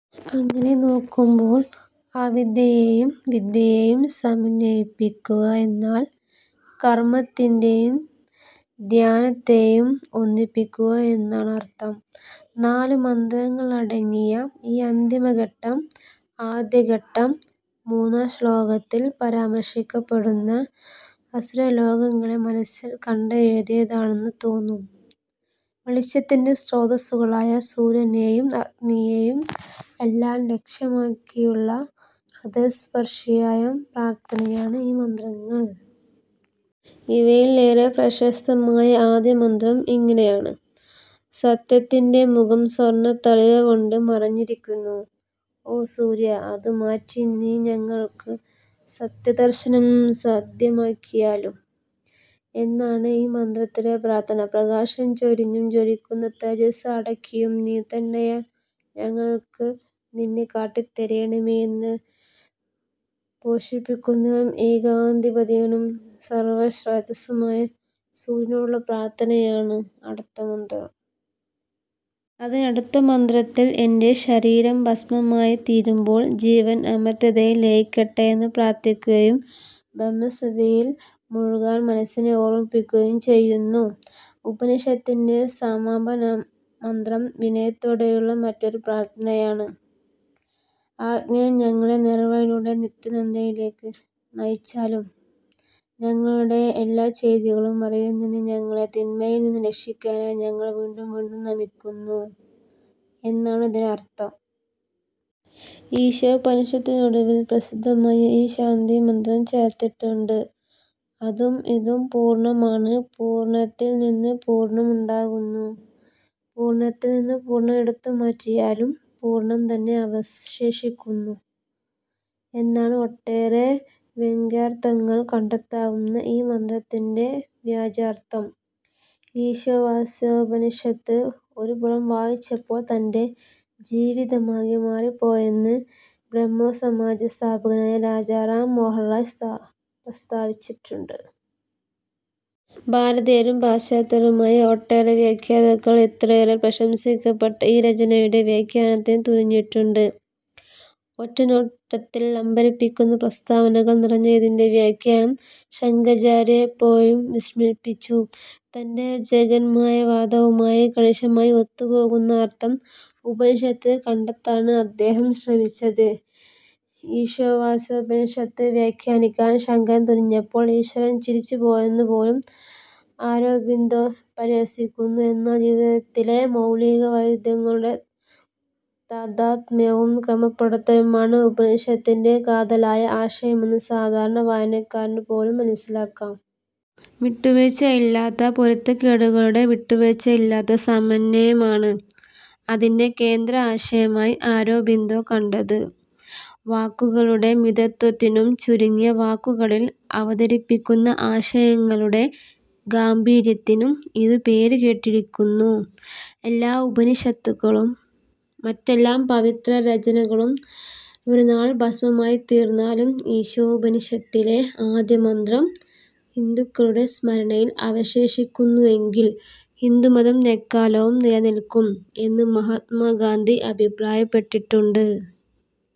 അങ്ങനെ നോക്കുമ്പോൾ, അവിദ്യയേയും വിദ്യയേയും സമന്വയിപ്പിക്കുകയെന്നാൽ, കർമ്മത്തേയും ധ്യാനത്തേയും ഒന്നിപ്പിക്കുക എന്നാണർത്ഥം. നാലു മന്ത്രങ്ങൾ അടങ്ങിയ ഈ അന്തിമ ഘട്ടം, ആദ്യഘട്ടം മൂന്നാം ശ്ലോകത്തിൽ പരാമർശിക്കപ്പെടുന്ന അസൂര്യലോകങ്ങളെ മനസ്സിൽ കണ്ട് എഴുതിയതാണെന്ന് തോന്നും. വെളിച്ചത്തിന്റെ സ്രോതസ്സുകളായ സൂര്യനേയും അഗ്നിയേയും എല്ലാം ലക്ഷ്യമാക്കിയുള്ള ഹൃദയസ്പർശിയായ പ്രാർത്ഥനയാണ് ഈ മന്ത്രങ്ങൾ. ഇവയിൽ ഏറെ പ്രശസ്തമായ ആദ്യമന്ത്രം ഇങ്ങനെയാണ്:- "സത്യത്തിന്റെ മുഖം സ്വർണ്ണത്തളിക കൊണ്ട് മറഞ്ഞിരിക്കുന്നു; ഓ സൂര്യാ, അത് മാറ്റി നീ ഞങ്ങൾക്ക് സത്യദർശനം സാദ്ധ്യമാക്കിയാലും" എന്നാണ് ഈ മന്ത്രത്തിലെ പ്രാർത്ഥന. പ്രകാശം ചൊരിഞ്ഞും ജ്വലിക്കുന്ന തേജസ് അടക്കിയും, നീ തന്നെയായ ഞങ്ങൾക്ക് നിന്നെ കാട്ടിത്തരേണമേ എന്ന്, പോഷിപ്പിക്കുന്നവനും ഏകാന്തപഥികനും സർവജീവശ്രോതസ്സുമായ സൂര്യനോടുള്ള പ്രാർത്ഥനയാണ് അടുത്ത മന്ത്രം. അതിനടുത്തമന്ത്രത്തിൽ എന്റെ ശരീരം ഭസ്മമായിത്തീരുമ്പോൾ, ജീവൻ അമർത്ത്യതയിൽ ലയിക്കട്ടെയെന്ന് പ്രാർത്ഥിക്കുകയും, ബ്രഹ്മസ്മൃതിയിൽ മുഴുകാൻ മനസ്സിനെ ഓർമ്മിപ്പിക്കുകയും ചെയ്യുന്നു. ഉപനിഷത്തിന്റെ സമാപനമന്ത്രം വിനയത്തോടെയുള്ള മറ്റൊരു പ്രാർത്ഥനയാണ്:- "അഗ്നേ, ഞങ്ങളെ നേർവഴിയിലൂടെ നിത്യാനന്ദത്തിലേക്ക് നയിച്ചാലും. ഞങ്ങളുടെ എല്ലാച്ചെയ്തികളും അറിയുന്ന നീ ഞങ്ങളെ തിന്മയിൽ നിന്ന് രക്ഷിക്കാനായി ഞങ്ങൾ വീണ്ടും വീണ്ടും നമിക്കുന്നു " എന്നാണ് ഇതിനർത്ഥം. ഈശോപനിഷത്തിനൊടുവിൽ പ്രസിദ്ധമായ ഈ ശാന്തിമന്ത്രം ചേർത്തിട്ടുണ്ട്:- "അതും ഇതും പൂർണ്ണമാണ്; പൂർണ്ണത്തിൻൽ നിന്ന് പൂർണ്ണം ഉണ്ടാകുന്നു; പൂർണ്ണത്തിൽ നിന്ന് പൂർണ്ണം എടുത്തുമാറ്റിയാലും പൂർണ്ണം തന്നെ അവശേഷിക്കുന്നു" എന്നാണ് ഒട്ടേറെ വ്യംഗ്യാർത്ഥങ്ങൾ കണ്ടെത്താവുന്ന ഈ മന്ത്രത്തിന്റെ വാച്യാർത്ഥം. ഈശാവാസ്യോപനിഷത്ത് ഒരു പുറം വായിച്ചപ്പോൾ തന്റെ ജീവിതമാകെ മാറിപ്പോയെന്ന് ബ്രഹ്മോസമാജ സ്ഥാപകനായ രാജാ റാം മോഹൻ റായ് പ്രസ്ഥാവിച്ചിട്ടുണ്ട്. ഭാരതീയരും പാശ്ചാത്യരുമായ ഒട്ടേറെ വ്യാഖ്യാതാക്കൾ, ഇത്രയേറെ പ്രശംസിക്കപ്പെട്ട ഈ രചനയുടെ വ്യാഖ്യാനത്തിന് തുനിഞ്ഞിട്ടുണ്ട്. ഒറ്റനോട്ടത്തിൽ അമ്പരപ്പിക്കുന്ന പ്രസ്താവനകൾ നിറഞ്ഞ ഇതിന്റെ വ്യാഖ്യാനം ശങ്കരാചാര്യരെപ്പോലും വിഷമിപ്പിച്ചു. തന്റെ ജഗന്മായാവാദവുമായി കണിശമായി ഒത്തുപോകുന്ന അർത്ഥം ഉപനിഷത്തിൽ കണ്ടെത്താനാണ് അദ്ദേഹം ശ്രമിച്ചത്. ഈശാവാസ്യോപനിഷത്ത് വ്യാഖ്യാനിക്കാൻ ശങ്കരൻ തുനിഞ്ഞപ്പോൾ ഈശ്വരൻ ചിരിച്ചുപോയെന്നുപോലും അരോബിന്ദോ പരിഹസിക്കുന്നു എന്നാൽ ജീവിതത്തിലെ മൗലികവൈരുദ്ധ്യങ്ങളുടെ താദാത്മ്യവും ക്രമപ്പെടുത്തലുമാണ് ഈശോപനിഷത്തിന്റെ കാതലായ ആശയമെന്ന് സാധാരണ വായനക്കാരനു പോലും മനസ്സിലാക്കാം. "വിട്ടുവീഴ്ചയില്ലാത്ത പൊരുത്തക്കേടുകളുടെ വിട്ടുവീഴ്ചയില്ലാത്ത സമന്വയം" ആണ് അതിന്റെ കേന്ദ്ര ആശയമായി അരോബിന്ദോ കണ്ടത്. വാക്കുകളുടെ മിതത്ത്വത്തിനും, ചുരുങ്ങിയ വാക്കുകളിൽ അവതരിപ്പിച്ചിരിക്കുന്ന ആശയങ്ങളുടെ ഗാംഭീര്യത്തിനും ഇത് പേരുകേട്ടിരിക്കുന്നു. "എല്ലാ ഉപനിഷത്തുകളും, മറ്റെല്ലാ പവിത്രരചനകളും ഒരുനാൾ ഭസ്മമായിത്തീർന്നാലും, ഈശോപനിഷത്തിലെ ആദ്യമന്ത്രം ഹിന്ദുക്കളുടെ സ്മരണയിൽ അവശേഷിക്കുന്നെങ്കിൽ, ഹിന്ദുമതം എക്കാലവും നിലനിൽക്കും" എന്ന് മഹാത്മാഗാന്ധി അഭിപ്രായപ്പെട്ടിട്ടുണ്ട്.